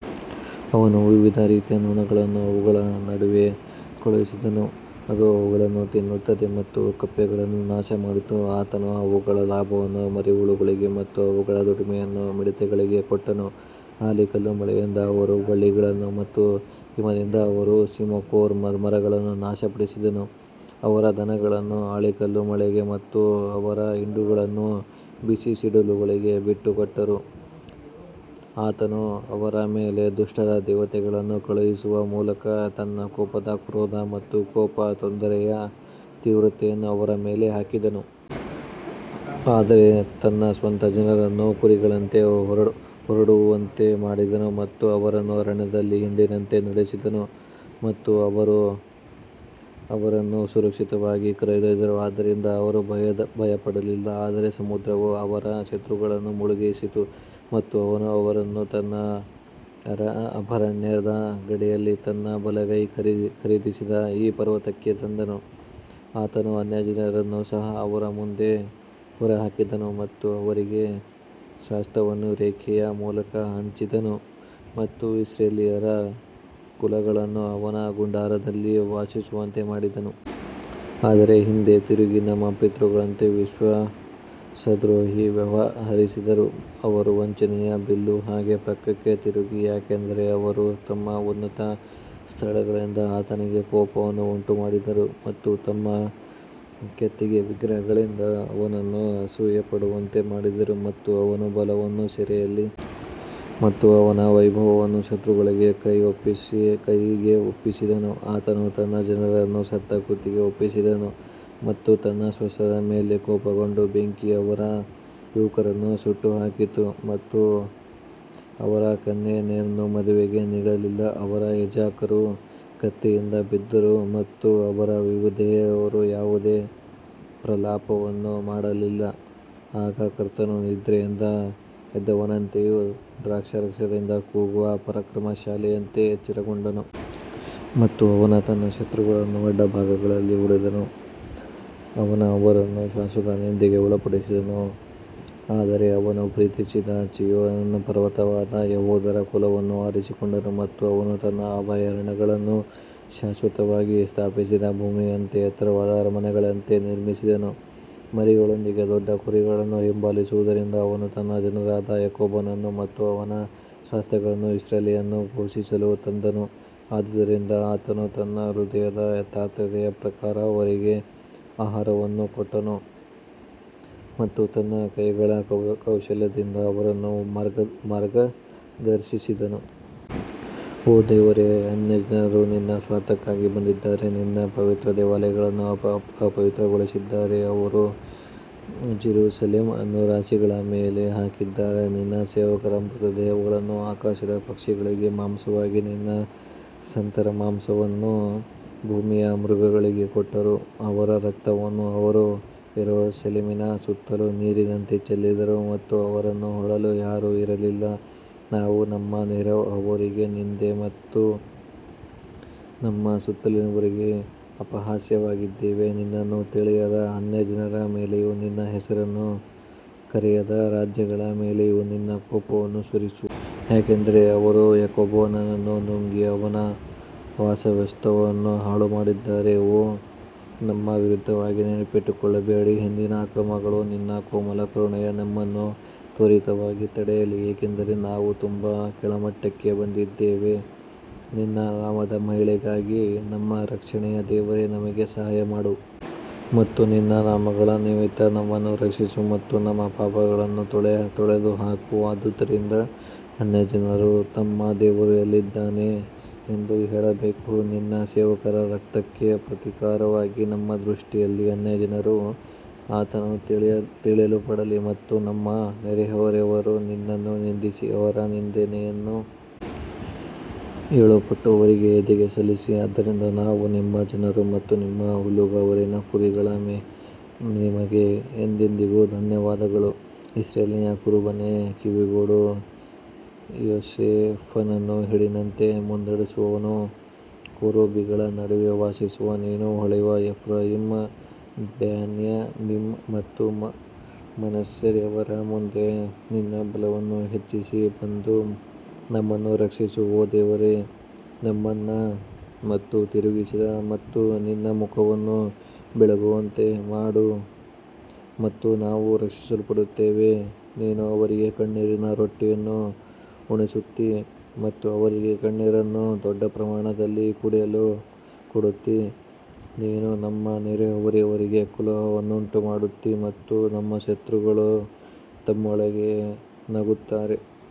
ಅವನು ವಿವಿಧ ರೀತಿಯ ನೊಣಗಳನ್ನು ಅವುಗಳ ನಡುವೆ ಕಳುಹಿಸಿದನು, ಅದು ಅವುಗಳನ್ನು ತಿನ್ನುತ್ತದೆ ಮತ್ತು ಕಪ್ಪೆಗಳನ್ನು ನಾಶಮಾಡಿತು ಆತನು ಅವುಗಳ ಲಾಭವನ್ನು ಮರಿಹುಳುಗಳಿಗೆ ಮತ್ತು ಅವುಗಳ ದುಡಿಮೆಯನ್ನು ಮಿಡತೆಗಳಿಗೆ ಕೊಟ್ಟನು ಆಲಿಕಲ್ಲು ಮಳೆಯಿಂದ ಅವರ ಬಳ್ಳಿಗಳನ್ನು ಮತ್ತು ಹಿಮದಿಂದ ಅವರ ಸಿಕೊಮೊರ್ ಮರಗಳನ್ನು ನಾಶಪಡಿಸಿದನು ಅವರ ದನಗಳನ್ನು ಆಲಿಕಲ್ಲು ಮಳೆಗೆ ಮತ್ತು ಅವರ ಹಿಂಡುಗಳನ್ನು ಬಿಸಿ ಸಿಡಿಲುಗಳಿಗೆ ಬಿಟ್ಟುಕೊಟ್ಟರು ಆತನು ಅವರ ಮೇಲೆ ದುಷ್ಟ ದೇವತೆಗಳನ್ನು ಕಳುಹಿಸುವ ಮೂಲಕ ತನ್ನ ಕೋಪದ ಕ್ರೋಧ ಮತ್ತು ಕೋಪ ಮತ್ತು ತೊಂದರೆಯ ತೀವ್ರತೆಯನ್ನು ಅವರ ಮೇಲೆ ಹಾಕಿದನು. ಆದರೆ ತನ್ನ ಸ್ವಂತ ಜನರನ್ನು ಕುರಿಗಳಂತೆ ಹೊರಡುವಂತೆ ಮಾಡಿದನು ಮತ್ತು ಅವರನ್ನು ಅರಣ್ಯದಲ್ಲಿ ಹಿಂಡಿನಂತೆ ನಡೆಸಿದನು ಮತ್ತು ಅವರು ಅವರನ್ನು ಸುರಕ್ಷಿತವಾಗಿ ಕರೆದೊಯ್ದರು ಆದ್ದರಿಂದ ಅವರು ಭಯಪಡಲಿಲ್ಲ ಆದರೆ ಸಮುದ್ರವು ಅವರ ಶತ್ರುಗಳನ್ನು ಮುಳುಗಿಸಿತು ಮತ್ತು ಅವನು ಅವರನ್ನು ತನ್ನ ಅಭಯಾರಣ್ಯದ ಗಡಿಯಲ್ಲಿ ತನ್ನ ಬಲಗೈ ಖರೀದಿಸಿದ ಈ ಪರ್ವತಕ್ಕೆ ತಂದನು ಆತನು ಅನ್ಯಜನರನ್ನು ಸಹ ಅವರ ಮುಂದೆ ಹೊರಹಾಕಿದನು ಮತ್ತು ಅವರಿಗೆ ಸ್ವಾಸ್ತ್ಯವನ್ನು ರೇಖೆಯ ಮೂಲಕ ಹಂಚಿದನು ಮತ್ತು ಇಸ್ರಾಯೇಲ್ಯರ ಕುಲಗಳನ್ನು ಅವರ ಗುಡಾರಗಳಲ್ಲಿ ವಾಸಿಸುವಂತೆ ಮಾಡಿದನು. ಆದರೆ ಹಿಂದೆ ತಿರುಗಿ ತಮ್ಮ ಪಿತೃಗಳಂತೆ ವಿಶ್ವಾಸದ್ರೋಹಿ ವ್ಯವಹರಿಸಿದರು ಅವರು ವಂಚನೆಯ ಬಿಲ್ಲು ಹಾಗೆ ಪಕ್ಕಕ್ಕೆ ತಿರುಗಿತು ಯಾಕಂದರೆ ಅವರು ತಮ್ಮ ಉನ್ನತ ಸ್ಥಳಗಳಿಂದ ಆತನಿಗೆ ಕೋಪವನ್ನು ಉಂಟುಮಾಡಿದರು ಮತ್ತು ತಮ್ಮ ಕೆತ್ತಿದ ವಿಗ್ರಹಗಳಿಂದ ಅವನನ್ನು ಅಸೂಯೆ ಪಡುವಂತೆ ಮಾಡಿದರು. ಮತ್ತು ಅವನ ಬಲವನ್ನು ಸೆರೆಯಲ್ಲಿ ಮತ್ತು ಅವನ ವೈಭವವನ್ನು ಶತ್ರುಗಳ ಕೈಗೆ ಒಪ್ಪಿಸಿದನು ಆತನು ತನ್ನ ಜನರನ್ನು ಸಹ ಕತ್ತಿಗೆ ಒಪ್ಪಿಸಿದನು ಮತ್ತು ತನ್ನ ಸ್ವಾಸ್ತ್ಯದ ಮೇಲೆ ಕೋಪಗೊಂಡನು ಬೆಂಕಿ ಅವರ ಯುವಕರನ್ನು ಸುಟ್ಟುಹಾಕಿತು ಮತ್ತು ಅವರ ಕನ್ಯೆಯರನ್ನು ಮದುವೆಗೆ ನೀಡಲಿಲ್ಲ ಅವರ ಯಾಜಕರು ಕತ್ತಿಯಿಂದ ಬಿದ್ದರು ಮತ್ತು ಅವರ ವಿಧವೆಯರು ಯಾವುದೇ ಪ್ರಲಾಪವನ್ನು ಮಾಡಲಿಲ್ಲ ಆಗ ಕರ್ತನು ನಿದ್ರೆಯಿಂದ ಎದ್ದವನಂತೆಯೂ ದ್ರಾಕ್ಷಾರಸದಿಂದ ಕೂಗುವ ಪರಾಕ್ರಮಶಾಲಿಯಂತೆಯೂ ಎಚ್ಚರಗೊಂಡನು. ಮತ್ತು ಅವನು ತನ್ನ ಶತ್ರುಗಳನ್ನು ಅಡ್ಡ ಭಾಗಗಳಲ್ಲಿ ಹೊಡೆದನು, ಅವನು ಅವರನ್ನು ಶಾಶ್ವತ ನಿಂದೆಗೆ ಒಳಪಡಿಸಿದನು ಆದರೆ ಅವನು ಪ್ರೀತಿಸಿದ ಚೀಯೋನ್ ಪರ್ವತವಾದ ಯೆಹೂದದ ಕುಲವನ್ನು ಆರಿಸಿಕೊಂಡನು ಮತ್ತು ಅವನು ತನ್ನ ಅಭಯಾರಣ್ಯವನ್ನು ಶಾಶ್ವತವಾಗಿ ಸ್ಥಾಪಿಸಿದ ಭೂಮಿಯಂತೆ ಎತ್ತರದ ಅರಮನೆಗಳಂತೆ ನಿರ್ಮಿಸಿದನು ಮರಿಗಳೊಂದಿಗೆ ದೊಡ್ಡ ಕುರಿಗಳನ್ನು ಹಿಂಬಾಲಿಸುವುದರಿಂದ ಅವನು ತನ್ನ ಜನರಾದ ಯಾಕೋಬನನ್ನು ಮತ್ತು ಅವನ ಸ್ವಾಸ್ತ್ಯವನ್ನು ಇಸ್ರಾಯೇಲನ್ನು ಪೋಷಿಸಲು ತಂದನು ಆದುದರಿಂದ ಆತನು ತನ್ನ ಹೃದಯದ ಯಥಾರ್ಥತೆಯ ಪ್ರಕಾರ ಅವರಿಗೆ ಆಹಾರವನ್ನು ಕೊಟ್ಟನು ಮತ್ತು ತನ್ನ ಕೈಗಳ ಕೌಶಲ್ಯದಿಂದ ಅವರನ್ನು ಮಾರ್ಗದರ್ಶಿಸಿದನು. ಓ ದೇವರೇ ಅನ್ಯಜನರು ನಿನ್ನ ಸ್ವಾಸ್ತ್ಯಕ್ಕೆ ಬಂದಿದ್ದಾರೆ ನಿನ್ನ ಪವಿತ್ರ ದೇವಾಲಯವನ್ನು ಅಪವಿತ್ರಗೊಳಿಸಿದ್ದಾರೆ ಅವರು ಜೆರುಸಲೆಮ್ ಅನ್ನು ರಾಶಿಗಳ ಮೇಲೆ ಹಾಕಿದ್ದಾರೆ ನಿನ್ನ ಸೇವಕರ ಮೃತದೇಹಗಳನ್ನು ಆಕಾಶದ ಪಕ್ಷಿಗಳಿಗೆ ಮಾಂಸವಾಗಿ ನಿನ್ನ ಸಂತರ ಮಾಂಸವನ್ನು ಭೂಮಿಯ ಮೃಗಗಳಿಗೆ ಕೊಟ್ಟರು. ಅವರ ರಕ್ತವನ್ನು ಅವರು ಯೆರೂಸಲೇಮಿನ ಸುತ್ತಲೂ ನೀರಿನಂತೆ ಚೆಲ್ಲಿದರು ಮತ್ತು ಅವರನ್ನು ಹೂಳಲು ಯಾರೂ ಇರಲಿಲ್ಲ ನಾವು ನಮ್ಮ ನೆರೆಹೊರೆಯವರಿಗೆ ನಿಂದೆ ಮತ್ತು ನಮ್ಮ ಸುತ್ತಲಿನವರಿಗೆ ಅಪಹಾಸ್ಯವಾಗಿದ್ದೇವೆ ನಿನ್ನನ್ನು ತಿಳಿಯದ ಅನ್ಯಜನರ ಮೇಲೆಯೂ ನಿನ್ನ ಹೆಸರನ್ನು ಕರೆಯದ ರಾಜ್ಯಗಳ ಮೇಲೆಯೂ ನಿನ್ನ ಕೋಪವನ್ನು ಸುರಿಸು. ಯಾಕಂದರೆ ಅವರು ಯಾಕೋಬನನ್ನು ನುಂಗಿ ಅವನ ವಾಸಸ್ಥಾನವನ್ನು ಹಾಳುಮಾಡಿದ್ದಾರೆ ಓ ನಮ್ಮ ವಿರುದ್ಧವಾಗಿ ನೆನಪಿಟ್ಟುಕೊಳ್ಳಬೇಡಿ ಹಿಂದಿನ ಅಕ್ರಮಗಳು ನಿನ್ನ ಕೋಮಲ ಕರುಣೆಯು ನಮ್ಮನ್ನು ತ್ವರಿತವಾಗಿ ತಡೆಯಲಿ, ಏಕೆಂದರೆ ನಾವು ತುಂಬಾ ಕೆಳಮಟ್ಟಕ್ಕೆ ಬಂದಿದ್ದೇವೆ ನಿನ್ನ ನಾಮದ ಮಹಿಮೆಗಾಗಿ ನಮ್ಮ ರಕ್ಷಣೆಯ ದೇವರೇ ನಮಗೆ ಸಹಾಯ ಮಾಡು ಮತ್ತು ನಿನ್ನ ನಾಮಗಳ ನಿಮಿತ್ತ ನಮ್ಮನ್ನು ರಕ್ಷಿಸು ಮತ್ತು ನಮ್ಮ ಪಾಪಗಳನ್ನು ತೊಡೆದುಹಾಕು ಆದದರಿಂದ ಅನ್ಯಜನರು ತಮ್ಮ ದೇವರು ಎಲ್ಲಿದ್ದಾನೆ ಎಂದು ಹೇಳಬೇಕು, ನಿನ್ನ ಸೇವಕರ ರಕ್ತಕ್ಕೆ ಪ್ರತೀಕಾರವಾಗಿ ನಮ್ಮ ದೃಷ್ಟಿಯಲ್ಲಿ ಅನ್ಯಜನರಲ್ಲಿ ಆತನು ತಿಳಿಯಲ್ಪಡಲಿ ಮತ್ತು ನಮ್ಮ ನೆರೆಹೊರೆಯವರು ನಿನ್ನನ್ನು ನಿಂದಿಸಿದ ಅವರ ನಿಂದೆಯನ್ನು ಏಳುಪಟ್ಟು ಅವರ ಎದೆಗೆ ಸಲ್ಲಿಸಿ ಆದ್ದರಿಂದ ನಾವು ನಿಮ್ಮ ಜನರು ಮತ್ತು ನಿಮ್ಮ ಹುಲ್ಲುಗಾವಲಿನ ಕುರಿಗಳು ನಿಮಗೆ ಎಂದೆಂದಿಗೂ ಧನ್ಯವಾದಗಳು ಇಸ್ರಾಯೇಲಿನ ಕುರುಬನೇ, ಕಿವಿಗೊಡು, ಯೋಸೇಫನನ್ನು ಹಿಂಡಿನಂತೆ ಮುನ್ನಡೆಸುವವನೇ, ಕೆರೂಬಿಗಳ ನಡುವೆ ವಾಸಿಸುವ ನೀನು ಹೊಳೆಯುವೆ ಎಫ್ರಾಯೀಮ್, ಬೆನ್ಯಾಮೀನ್ ಮತ್ತು ಮನಸ್ಸೆಯವರ ಮುಂದೆ ನಿನ್ನ ಬಲವನ್ನು ಹೆಚ್ಚಿಸಿ ಬಂದು ನಮ್ಮನ್ನು ರಕ್ಷಿಸು ಓ ದೇವರೇ ನಮ್ಮನ್ನು ಮತ್ತೆ ತಿರುಗಿಸಿ ಮತ್ತು ನಿನ್ನ ಮುಖವನ್ನು ಬೆಳಗುವಂತೆ ಮಾಡು ಮತ್ತು ನಾವು ರಕ್ಷಿಸಲ್ಪಡುತ್ತೇವೆ ನೀನು ಅವರಿಗೆ ಕಣ್ಣೀರಿನ ರೊಟ್ಟಿಯನ್ನು ಉಣಿಸುತ್ತೀ ಮತ್ತು ಅವರಿಗೆ ಕಣ್ಣೀರನ್ನು ದೊಡ್ಡ ಪ್ರಮಾಣದಲ್ಲಿ ಕುಡಿಯಲು ಕೊಡುತ್ತೀ ನೀನು ನಮ್ಮ ನೆರೆಹೊರೆಯವರಿಗೆ ಕಲಹವನ್ನುಂಟುಮಾಡುತ್ತೀ ಮತ್ತು ನಮ್ಮ ಶತ್ರುಗಳು ತಮ್ಮತಮ್ಮೊಳಗೆ ನಗುತ್ತಾರೆ.